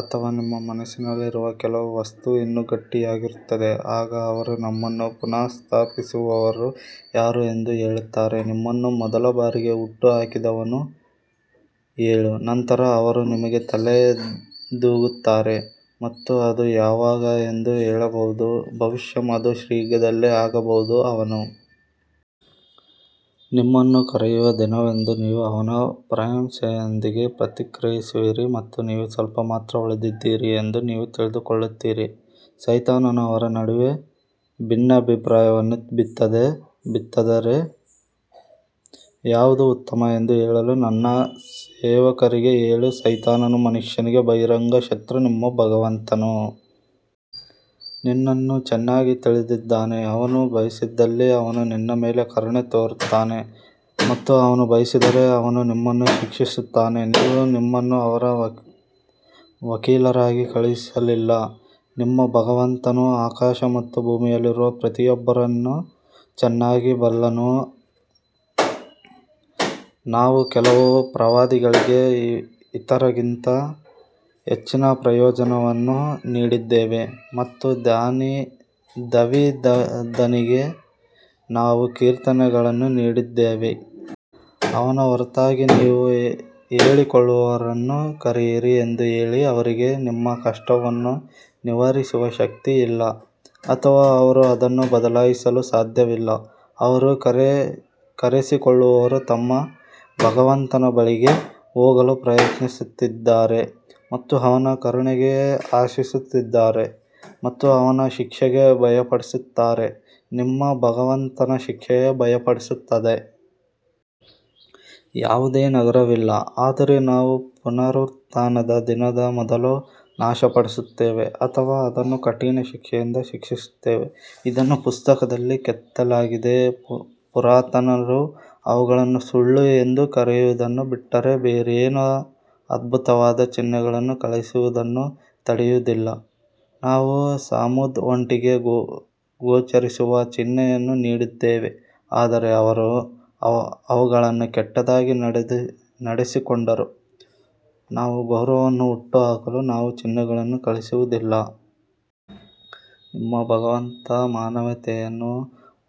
ಅಥವಾ ನಿಮ್ಮ ಮನಸ್ಸಿನಲ್ಲಿರುವ ಕೆಲವು ವಸ್ತುವು ಇನ್ನೂ ಗಟ್ಟಿಯಾಗಿರುತ್ತದೆ, ಆಗ ಅವರು ನಮ್ಮನ್ನು ಪುನಃಸ್ಥಾಪಿಸುವವರು ಯಾರು ಎಂದು ಹೇಳುತ್ತಾರೆ, ನಿಮ್ಮನ್ನು ಮೊದಲ ಬಾರಿಗೆ ಹುಟ್ಟುಹಾಕಿದವನು ಹೇಳು ನಂತರ ಅವರು ನಿಮಗೆ ತಲೆದೂಗುತ್ತಾರೆ ಮತ್ತು ಅದು ಯಾವಾಗ ಎಂದು ಹೇಳಬಹುದು ಬಹುಶಃ ಅದು ಶೀಘ್ರದಲ್ಲೇ ಆಗಬಹುದು. ಅವನು ನಿಮ್ಮನ್ನು ಕರೆಯುವ ದಿನದಂದು ನೀವು ಅವನ ಪ್ರಶಂಸೆಯೊಂದಿಗೆ ಪ್ರತಿಕ್ರಿಯಿಸುವಿರಿ ಮತ್ತು ನೀವು ಸ್ವಲ್ಪ ಮಾತ್ರ ಉಳಿದಿದ್ದೀರಿ ಎಂದು ನೀವು ತಿಳಿದುಕೊಳ್ಳುತ್ತೀರಿ ಸೈತಾನನು ಅವರ ನಡುವೆ ಭಿನ್ನಾಭಿಪ್ರಾಯವನ್ನು ಬಿತ್ತಿದರೆ ಯಾವುದು ಉತ್ತಮ ಎಂದು ಹೇಳಲು ನನ್ನ ಸೇವಕರಿಗೆ ಹೇಳು ಸೈತಾನನು ಮನುಷ್ಯನಿಗೆ ಬಹಿರಂಗ ಶತ್ರು ನಿಮ್ಮ ಭಗವಂತನು ನಿನ್ನನ್ನು ಚೆನ್ನಾಗಿ ತಿಳಿದಿದ್ದಾನೆ ಅವನು ಬಯಸಿದಲ್ಲಿ ಅವನು ನಿನ್ನ ಮೇಲೆ ಕರುಣೆ ತೋರುತ್ತಾನೆ ಮತ್ತು ಅವನು ಬಯಸಿದರೆ ಅವನು ನಿಮ್ಮನ್ನು ಶಿಕ್ಷಿಸುತ್ತಾನೆ ನಾವು ನಿಮ್ಮನ್ನು ಅವರ ವಕೀಲರಾಗಿ ಕಳುಹಿಸಲಿಲ್ಲ ನಿಮ್ಮ ಭಗವಂತನು ಆಕಾಶ ಮತ್ತು ಭೂಮಿಯಲ್ಲಿರುವ ಪ್ರತಿಯೊಬ್ಬರನ್ನು ಚೆನ್ನಾಗಿ ಬಲ್ಲನು, ನಾವು ಕೆಲವು ಪ್ರವಾದಿಗಳಿಗೆ ಇತರರಿಗಿಂತ ಹೆಚ್ಚಿನ ಪ್ರಯೋಜನವನ್ನು ನೀಡಿದ್ದೇವೆ ಮತ್ತು ದಾವೀದನಿಗೆ ನಾವು ಕೀರ್ತನೆಗಳನ್ನು ನೀಡಿದ್ದೇವೆ. ಅವನ ಹೊರತಾಗಿ ನೀವು ಹೇಳಿಕೊಳ್ಳುವವರನ್ನು ಕರೆಯಿರಿ ಎಂದು ಹೇಳಿ, ಅವರಿಗೆ ನಿಮ್ಮ ಕಷ್ಟವನ್ನು ನಿವಾರಿಸುವ ಶಕ್ತಿಯಿಲ್ಲ ಅಥವಾ ಅವರು ಅದನ್ನು ಬದಲಾಯಿಸಲು ಸಾಧ್ಯವಿಲ್ಲ ಅವರು ಕರೆಸಿಕೊಳ್ಳುವವರು ತಮ್ಮ ಭಗವಂತನ ಬಳಿಗೆ ಹೋಗಲು ಪ್ರಯತ್ನಿಸುತ್ತಿದ್ದಾರೆ ಮತ್ತು ಅವನ ಕರುಣೆಗಾಗಿ ಆಶಿಸುತ್ತಿದ್ದಾರೆ ಮತ್ತು ಅವನ ಶಿಕ್ಷೆಗೆ ಭಯಪಡುತ್ತಾರೆ ನಿಮ್ಮ ಭಗವಂತನ ಶಿಕ್ಷೆಯು ಭಯಪಡುತ್ತದೆ. ಯಾವುದೇ ನಗರವಿಲ್ಲ ಆದರೆ ನಾವು ಪುನರುತ್ಥಾನದ ದಿನದ ಮೊದಲು ನಾಶಪಡಿಸುತ್ತೇವೆ ಅಥವಾ ಅದನ್ನು ಕಠಿಣ ಶಿಕ್ಷೆಯಿಂದ ಶಿಕ್ಷಿಸುತ್ತೇವೆ ಇದನ್ನು ಪುಸ್ತಕದಲ್ಲಿ ಕೆತ್ತಲಾಗಿದೆ ಪುರಾತನರು ಅವುಗಳನ್ನು ಸುಳ್ಳು ಎಂದು ಕರೆಯುವುದನ್ನು ಬಿಟ್ಟರೆ ಬೇರೇನೂ ಅದ್ಭುತವಾದ ಚಿಹ್ನೆಗಳನ್ನು ಕಳುಹಿಸುವುದನ್ನು ತಡೆಯುವುದಿಲ್ಲ, ನಾವು ಸಮೂದ್ ಒಂಟೆಗೆ ಗೋಚರಿಸುವ ಚಿಹ್ನೆಯನ್ನು ನೀಡಿದ್ದೇವೆ ಆದರೆ ಅವರು ಅವಳನ್ನು ಕೆಟ್ಟದಾಗಿ ನಡೆಸಿಕೊಂಡರು ನಾವು ಗೌರವವನ್ನು ಹುಟ್ಟುಹಾಕಲು ನಾವು ಚಿಹ್ನೆಗಳನ್ನು ಕಳುಹಿಸುವುದಿಲ್ಲ. ನಿಮ್ಮ ಭಗವಂತ ಮಾನವೀಯತೆಯನ್ನು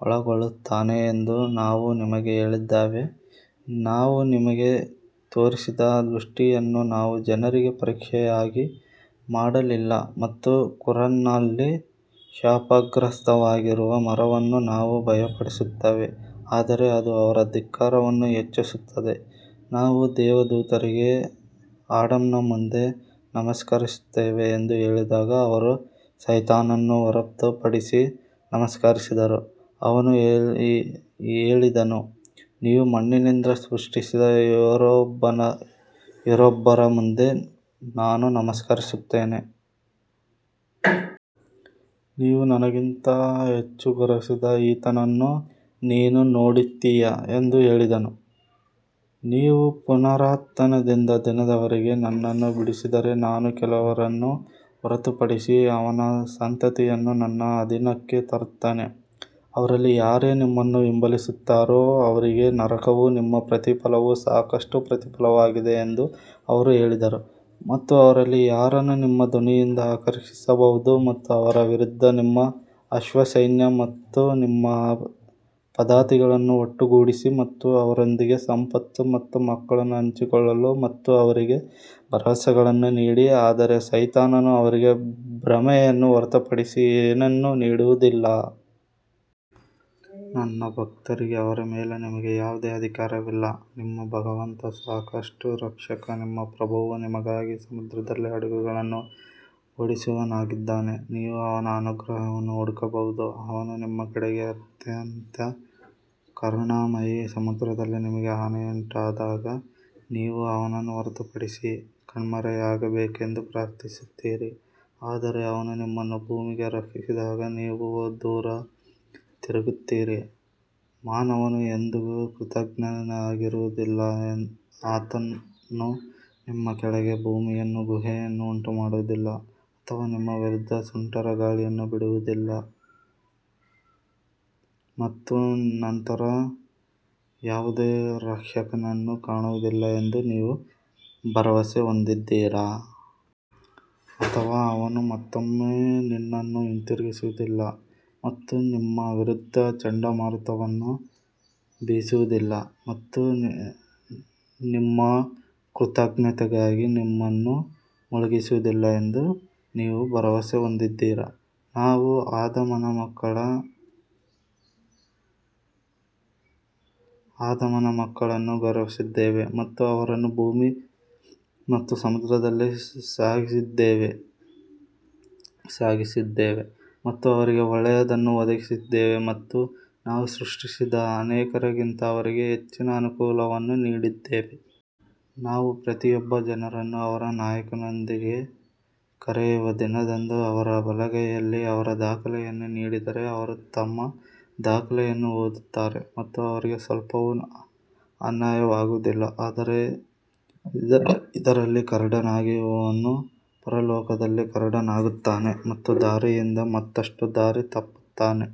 ಒಳಗೊಳ್ಳುತ್ತಾನೆ ಎಂದು ನಾವು ನಿಮಗೆ ಹೇಳಿದ್ದೇವೆ, ನಾವು ನಿಮಗೆ ತೋರಿಸಿದ ದೃಷ್ಟಿಯನ್ನು ನಾವು ಜನರಿಗೆ ಪರೀಕ್ಷೆಯಾಗಿ ಮಾಡಲಿಲ್ಲ ಮತ್ತು ಕುರಾನ್ನಲ್ಲಿ ಶಾಪಗ್ರಸ್ತವಾಗಿರುವ ಮರವನ್ನು ನಾವು ಭಯಪಡಿಸುತ್ತೇವೆ ಆದರೆ ಅದು ಅವರ ಧಿಕ್ಕಾರವನ್ನು ಹೆಚ್ಚಿಸುತ್ತದೆ. ನಾವು ದೇವದೂತರಿಗೆ ಆಡಮ್ನ ಮುಂದೆ ನಮಸ್ಕರಿಸುತ್ತೇವೆ ಎಂದು ಹೇಳಿದಾಗ ಅವರು ಸೈತಾನನನ್ನು ಹೊರತುಪಡಿಸಿ ನಮಸ್ಕರಿಸಿದರು ಅವನು ಹೇಳಿದನು ನೀವು ಮಣ್ಣಿನಿಂದ ಸೃಷ್ಟಿಸಿದ ಯಾರೊಬ್ಬರ ಮುಂದೆ ನಾನು ನಮಸ್ಕರಿಸುತ್ತೇನೆ. ನೀವು ನನಗಿಂತ ಹೆಚ್ಚು ಗೌರವಿಸಿದ ಈತನನ್ನು ನೀನು ನೋಡುತ್ತೀಯಾ ಎಂದು ಹೇಳಿದನು, ನೀವು ಪುನರುತ್ಥಾನದ ದಿನದವರೆಗೆ ನನ್ನನ್ನು ಬಿಡಿಸಿದರೆ ನಾನು ಕೆಲವರನ್ನು ಹೊರತುಪಡಿಸಿ ಅವನ ಸಂತತಿಯನ್ನು ನನ್ನ ಅಧೀನಕ್ಕೆ ತರುತ್ತೇನೆ. ಅವರಲ್ಲಿ ಯಾರೇ ನಿಮ್ಮನ್ನು ಹಿಂಬಾಲಿಸುತ್ತಾರೋ ಅವರಿಗೆ ನರಕವು ನಿಮ್ಮ ಪ್ರತಿಫಲವು ಸಾಕಷ್ಟು ಪ್ರತಿಫಲವಾಗಿದೆ ಎಂದು ಅವರು ಹೇಳಿದರು ಮತ್ತು ಅವರಲ್ಲಿ ಯಾರನ್ನು ನಿಮ್ಮ ಧ್ವನಿಯಿಂದ ಆಕರ್ಷಿಸಬಹುದು ಮತ್ತು ಅವರ ವಿರುದ್ಧ ನಿಮ್ಮ ಅಶ್ವಸೈನ್ಯ ಮತ್ತು ನಿಮ್ಮ ಪದಾತಿಗಳನ್ನು ಒಟ್ಟುಗೂಡಿಸಿ ಮತ್ತು ಅವರೊಂದಿಗೆ ಸಂಪತ್ತು ಮತ್ತು ಮಕ್ಕಳನ್ನು ಹಂಚಿಕೊಳ್ಳಲು ಮತ್ತು ಅವರಿಗೆ ಭರವಸೆಗಳನ್ನು ನೀಡಿ ಆದರೆ ಸೈತಾನನು ಅವರಿಗೆ ಭ್ರಮೆಯನ್ನು ಹೊರತುಪಡಿಸಿ ಏನನ್ನೂ ನೀಡುವುದಿಲ್ಲ. ನನ್ನ ಭಕ್ತರಿಗೆ ಅವರ ಮೇಲೆ ನಿಮಗೆ ಯಾವುದೇ ಅಧಿಕಾರವಿಲ್ಲ, ನಿಮ್ಮ ಭಗವಂತ ಸಾಕಷ್ಟು ರಕ್ಷಕ ನಿಮ್ಮ ಪ್ರಭುವು ನಿಮಗಾಗಿ ಸಮುದ್ರದಲ್ಲಿ ಹಡಗುಗಳನ್ನು ಓಡಿಸುವವನಾಗಿದ್ದಾನೆ, ನೀವು ಅವನ ಅನುಗ್ರಹವನ್ನು ಹುಡುಕಬಹುದು ಅವನು ನಿಮ್ಮ ಕಡೆಗೆ ಅತ್ಯಂತ ಕರುಣಾಮಯಿ ಸಮುದ್ರದಲ್ಲಿ ನಿಮಗೆ ಹಾನಿಯುಂಟಾದಾಗ ನೀವು ಅವನನ್ನು ಹೊರತುಪಡಿಸಿ ಕಣ್ಮರೆಯಾಗಬೇಕೆಂದು ಪ್ರಾರ್ಥಿಸುತ್ತೀರಿ ಆದರೆ ಅವನು ನಿಮ್ಮನ್ನು ಭೂಮಿಗೆ ರಕ್ಷಿಸಿದಾಗ ನೀವು ದೂರ ತಿರುಗುತ್ತೀರಿ ಮಾನವನು ಎಂದಿಗೂ ಕೃತಜ್ಞನಾಗಿರುವುದಿಲ್ಲ ಆತನು ನಿಮ್ಮ ಕೆಳಗೆ ಭೂಮಿಯನ್ನು ಗುಹೆಯನ್ನು ಉಂಟುಮಾಡುವುದಿಲ್ಲ ಅಥವಾ ನಿಮ್ಮ ವಿರುದ್ಧ ಸುಂಟರಗಾಳಿಯನ್ನು ಬಿಡುವುದಿಲ್ಲ ಮತ್ತು ನಂತರ ನೀವು ಯಾವುದೇ ರಕ್ಷಕನನ್ನು ಕಾಣುವುದಿಲ್ಲ ಎಂದು ನೀವು ಭರವಸೆ ಹೊಂದಿದ್ದೀರಾ? ಅಥವಾ ಅವನು ಮತ್ತೊಮ್ಮೆ ನಿನ್ನನ್ನು ಹಿಂತಿರುಗಿಸುವುದಿಲ್ಲ ಮತ್ತು ನಿಮ್ಮ ವಿರುದ್ಧ ಚಂಡಮಾರುತವನ್ನು ಬೀಸುವುದಿಲ್ಲ ಮತ್ತು ನಿಮ್ಮ ಕೃತಘ್ನತೆಗಾಗಿ ನಿಮ್ಮನ್ನು ಮುಳುಗಿಸುವುದಿಲ್ಲ ಎಂದು ನೀವು ಭರವಸೆ ಹೊಂದಿದ್ದೀರಾ? ನಾವು ಆದಾಮನ ಮಕ್ಕಳನ್ನು ಗೌರವಿಸಿದ್ದೇವೆ ಮತ್ತು ಅವರನ್ನು ಭೂಮಿ ಮತ್ತು ಸಮುದ್ರದಲ್ಲಿ ಸಾಗಿಸಿದ್ದೇವೆ ಮತ್ತು ಅವರಿಗೆ ಒಳ್ಳೆಯದನ್ನು ಒದಗಿಸಿದ್ದೇವೆ ಮತ್ತು ನಾವು ಸೃಷ್ಟಿಸಿದ ಅನೇಕರಿಗಿಂತ ಅವರಿಗೆ ಹೆಚ್ಚಿನ ಅನುಕೂಲವನ್ನು ನೀಡಿದ್ದೇವೆ. ನಾವು ಪ್ರತಿಯೊಬ್ಬ ಜನರನ್ನು ಅವರ ನಾಯಕನೊಂದಿಗೆ ಕರೆಯುವ ದಿನದಂದು ಅವರ ಬಲಗೈಯಲ್ಲಿ ಅವರ ದಾಖಲೆಯನ್ನು ನೀಡಿದರೆ ಅವರು ತಮ್ಮ ದಾಖಲೆಯನ್ನು ಓದುತ್ತಾರೆ ಮತ್ತು ಅವರಿಗೆ ಸ್ವಲ್ಪವೂ ಅನ್ಯಾಯವಾಗುವುದಿಲ್ಲ. ಆದರೆ ಇದರಲ್ಲಿ ಕುರುಡನಾಗಿರುವವನು ಪರಲೋಕದಲ್ಲಿ ಕುರುಡನಾಗುತ್ತಾನೆ ಮತ್ತು ದಾರಿಯಿಂದ ಮತ್ತಷ್ಟು ದಾರಿ ತಪ್ಪುತ್ತಾನೆ.